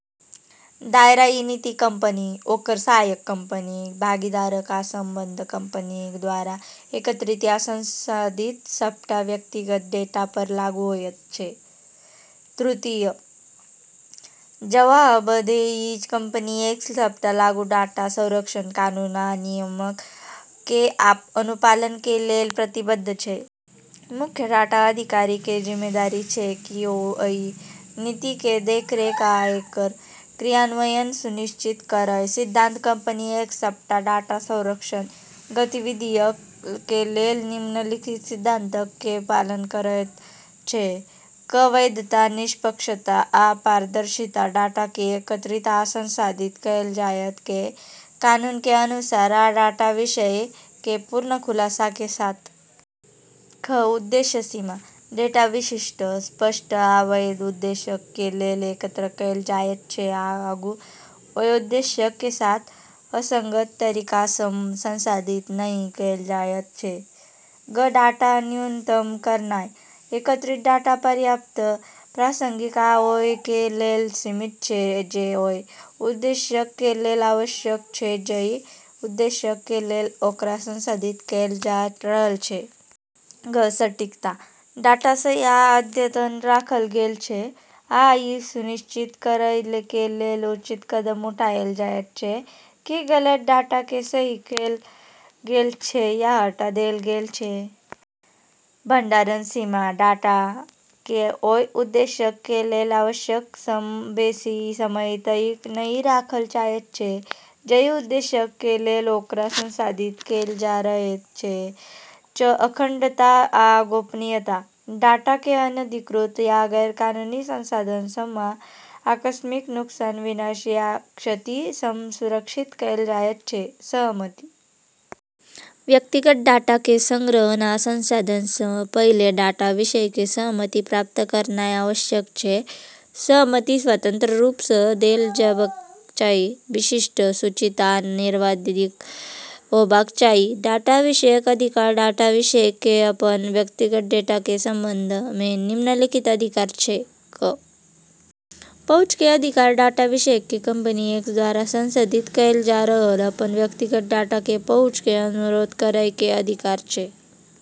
दायरा इ नीति कंपनी, ओकर सहायक कंपनीक, भागीदारक आ संबद्ध कंपनीक दूवारा एकत्रित या संसाधित सबटा व्यक्तिगत डेटा पर लागू होयत छै। तृतीय। जवाबदेही कंपनी एक्स सबटा लागू डाटा संरक्षण कानून आ नियमक के अनुपालन के लेल प्रतिबद्ध छै। मुख्य डाटा अधिकारी के जिम्मेदारी छै कि ओ अइ नीति के देखरेख आ एकर क्रियान्वयन सुनिश्चित करय। सिद्धांत कंपनी एक्स सबटा डाटा संरक्षण गतिविधियक के लेल निम्नलिखित सिद्धांतक के पालन करयत छै: क. वैधता, निष्पक्षता, आ पारदर्शिता: डाटा के एकत्रित आ संसाधित कैल जायत छै कानून के अनुसार आ डाटा विषय के पूर्ण खुलासा के साथ। ख. उद्देश्य सीमा: डेटा विशिष्ट, स्पष्ट आ वैध उद्देश्यक के लेल एकत्र कैल जायत छै आ आगू ओय उद्देश्यक के साथ असंगत तरीका सं संसाधित नहि कैल जायत छै। ग. डाटा न्यूनतम करनाय: एकत्रित डाटा पर्याप्त, प्रासंगिक आ ओय के लेल सीमित छै जे ओय उद्देश्यक के लेल आवश्यक छै जइ उद्देश्यक के लेल ओकरा संसाधित कैल जा रहल छै। घ. सटीकता: डाटा सही आ अद्यतन राखल गेल छै, आ इ सुनिश्चित करय के लेल उचित कदम उठाएल जायत छै कि गलत डाटा के सही कैल गेल छै या हटा देल गेल छै। ङ. भंडारण सीमा: डाटा के ओय उद्देश्यक के लेल आवश्यक सं बेसि समय तइक नहि राखल जायत छै जइ उद्देश्यक के लेल ओकरा संसाधित कैल जा रहल छै। च. अखंडता आ गोपनीयता: डाटा के अनधिकृत या गैरकानूनी संसाधन सं आ आकस्मिक नुकसान, विनाश, या क्षति सं सुरक्षित कैल जायत छै। सहमति व्यक्तिगत डाटा के संग्रहण आ संसाधन सं पहिले डाटा विषय के सहमति प्राप्त करनाय आवश्यक छै। सहमति स्वतंत्र रूप सं देल जेबाक चाही, विशिष्ट, सूचित आ निर्विवाद होबाक चाही। डाटा विषयक अधिकार डाटा विषयक के अपन व्यक्तिगत डेटा के संबंध मे निम्नलिखित अधिकार छै: क. पहुंच के अधिकार: डाटा विषयक के कंपनी एक्स दूवारा संसाधित कैल जा रहल अपन व्यक्तिगत डाटा के पहुंच के अनुरोध करय के अधिकार छै।